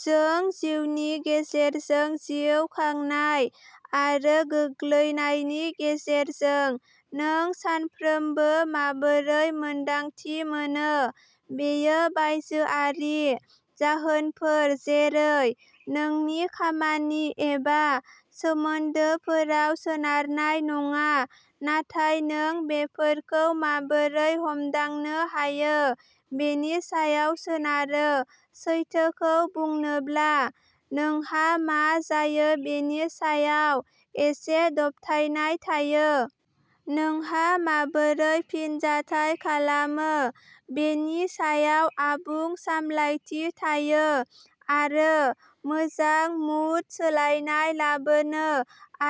जों जिउनि गेजेरजों जिउ खांनाय आरो गोग्लैनायनि गेजेरजों। नों सानफ्रोमबो माबोरै मोन्दांथि मोनो, बेयो बायजोआरि जाहोनफोर जेरै नोंनि खामानि एबा सोमोन्दोफोराव सोनारनाय नङा, नाथाय नों बेफोरखौ माबोरै हमदांनो हायो बेनि सायाव सोनारो। सैथोखौ बुंनोब्ला, नोंहा मा जायो बेनि सायाव एसे दबथायनाय थायो। नोंहा माबोरै फिनजाथाय खालामो बेनि सायाव आबुं सामलायथि थायो आरो मोजां मुड सोलायनाय लाबोनो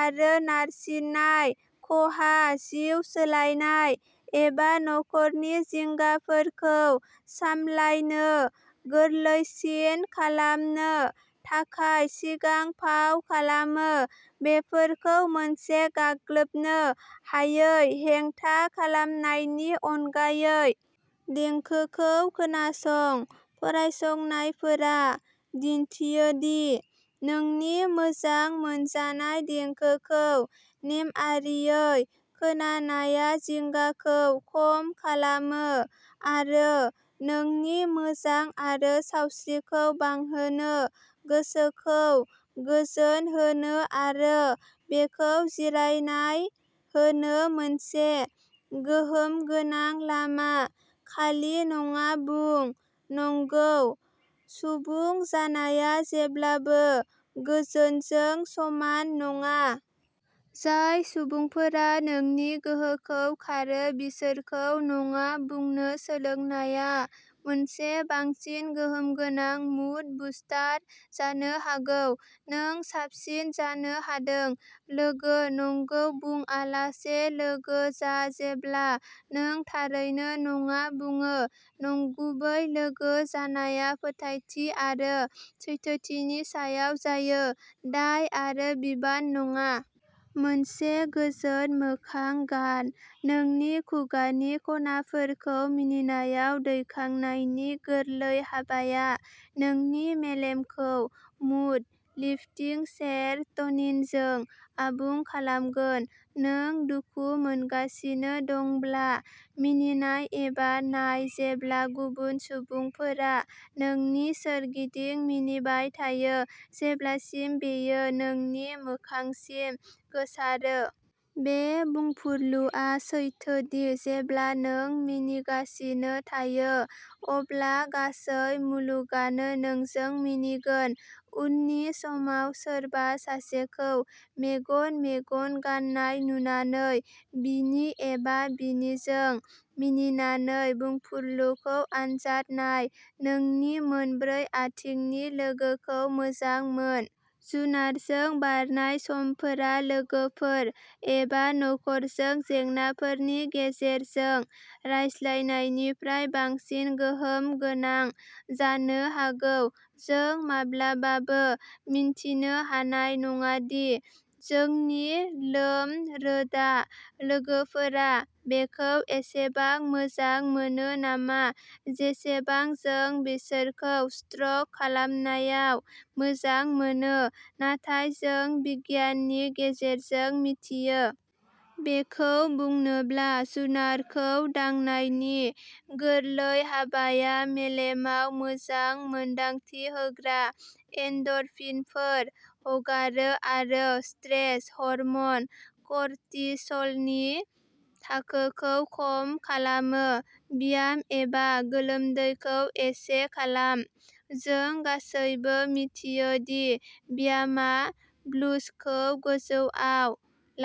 आरो नारसिननाय, खहा, जिउ सोलायनाय एबा नखरनि जिंगाफोरखौ सामलायनो गोरलैसिन खालामनो थाखाय सिगां-फाव खालामो, बेफोरखौ मोनसे गाग्लोबनो हायै हेंथा खालामनायनि अनगायै। देंखोखौ खोनासंः फरायसंनायफोरा दिन्थियो दि नोंनि मोजां मोनजानाय देंखोखौ नेमआरियै खोनानाया जिंगाखौ खम खालामो आरो नोंनि मोजां आरो सावस्रिखौ बांहोनो, गोसोखौ गोजोन होनो आरो बेखौ जिरायनाय होनो मोनसे गोहोमगोनां लामा। खालि नङा बुंः "नंगौ" सुबुं जानाया जेब्लाबो गोजोनजों समान नङा। जाय सुबुंफोरा नोंनि गोहोखौ खारो बिसोरखौ नङा बुंनो सोलोंनाया मोनसे बांसिन गोहोमगोनां मुड बुस्टार जानो हागौ। नों साबसिन जानो हादों। लोगो "नंगौ" बुङालासे लोगो जा जेब्ला नों थारैनो "नङा" बुङो। नंगुबै लोगो जानाया फोथायथि आरो सैथोथिनि सायाव जायो, दाय आरो बिबान नङा। मोनसे गोजोन मोखां गानः नोंनि खुगानि खनाफोरखौ मिनिनायाव दैखांनायनि गोरलै हाबाया नोंनि मेलेमखौ मुड-लिफ्टिं सेरट'निनजों आबुं खालामगोन। नों दुखु मोनगासिनो दंब्ला, मिनिनाय एबा नाय जेब्ला गुबुन सुबुंफोरा नोंनि सोरगिदिं मिनिबाय थायो जेब्लासिम बेयो नोंनि मोखांसिम गोसारो। बे बुंफुरलुआ सैथो दि जेब्ला नों मिनिगासिनो थायो अब्ला गासै मुलुगानो नोंजों मिनिगोन। उननि समाव सोरबा सासेखौ मेगन-मेगन गाननाय नुनानै बिनि एबा बिनिजों मिनिनानै बुंफुरलुखौ आनजाद नाय। नोंनि मोनब्रै आथिंनि लोगोखौ मोजां मोन। जुनारजों बारनाय समफोरा लोगोफोर एबा नखरजों जेंनाफोरनि गेजेरजों रायज्लायनायनिफ्राय बांसिन गोहोम गोनां जानो हागौ। जों माब्लाबाबो मिन्थिनो हानाय नङा दि जोंनि लोम-रोदा लोगोफोरा बेखौ एसेबां मोजां मोनो नामा जेसेबां जों बिसोरखौ स्ट्रक खालामनायाव मोजां मोनो, नाथाय जों बिगियाननि गेजेरजों मिथियो। बेखौ बुंनोब्ला, जुनारखौ दांनायनि गोरलै हाबाया मेलेमाव मोजां मोन्दांथि होग्रा एन्ड'रफिनफोर हगारो आरो स्ट्रेस हर्म'न कर्टिसलनि थाखोखौ खम खालामो। ब्याम एबा गोलोमदैखौ एसे खालाम। जों गासैबो मिथियो दि ब्यामआ ब्लुजखौ गोजौआव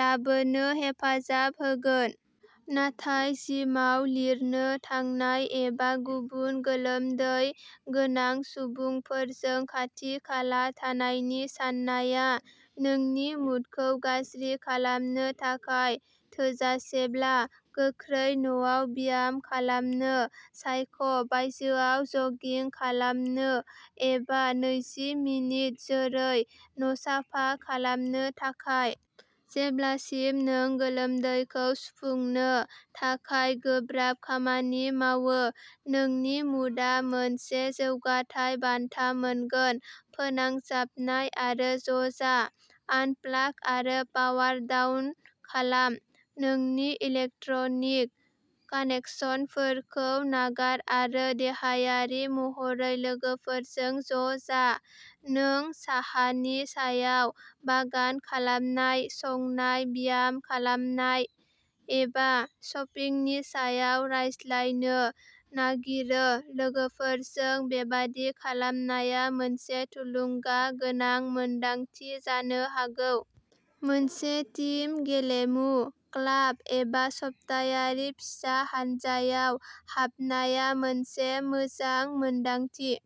लाबोनो हेफाजाब होगोन। नाथाय जिमाव लिरनो थांनाय एबा गुबुन गोलोमदै गोनां सुबुंफोरजों खाथि-खाला थानायनि साननाया नोंनि मुडखौ गाज्रि खालामनो थाखाय थोजासेब्ला, गोख्रै न'आव ब्याम खालामनो सायख', बायजोआव जगिं खालामनो एबा नैजि मिनिट जोरै न'साफा खालामनो थाखाय। जेब्लासिम नों गोलोमदैखौ सुफुंनो थाखाय गोब्राब खामानि मावो, नोंनि मुडआ मोनसे जौगाथाइ बान्था मोनगोन। फोनांजाबनाय आरो ज'जा। आनप्लाग आरो पावार डाउन खालाम, नोंनि इलेक्ट्रनिक कानेकसनफोरखौ नागार आरो देहायारि महरै लोगोफोरजों ज'जा। नों साहानि सायाव, बागान खालामनाय, संनाय, ब्याम खालामनाय, एबा शपिंनि सायाव रायज्लायनो नागिरो, लोगोफोरजों बेबादि खालामनाया मोनसे थुलुंगागोनां मोनदांथि जानो हागौ। मोनसे टीम गेलेमु, क्लाब एबा सप्तायारि फिसा हानजायाव हाबनाया मोनसे मोजां मोनदांथि।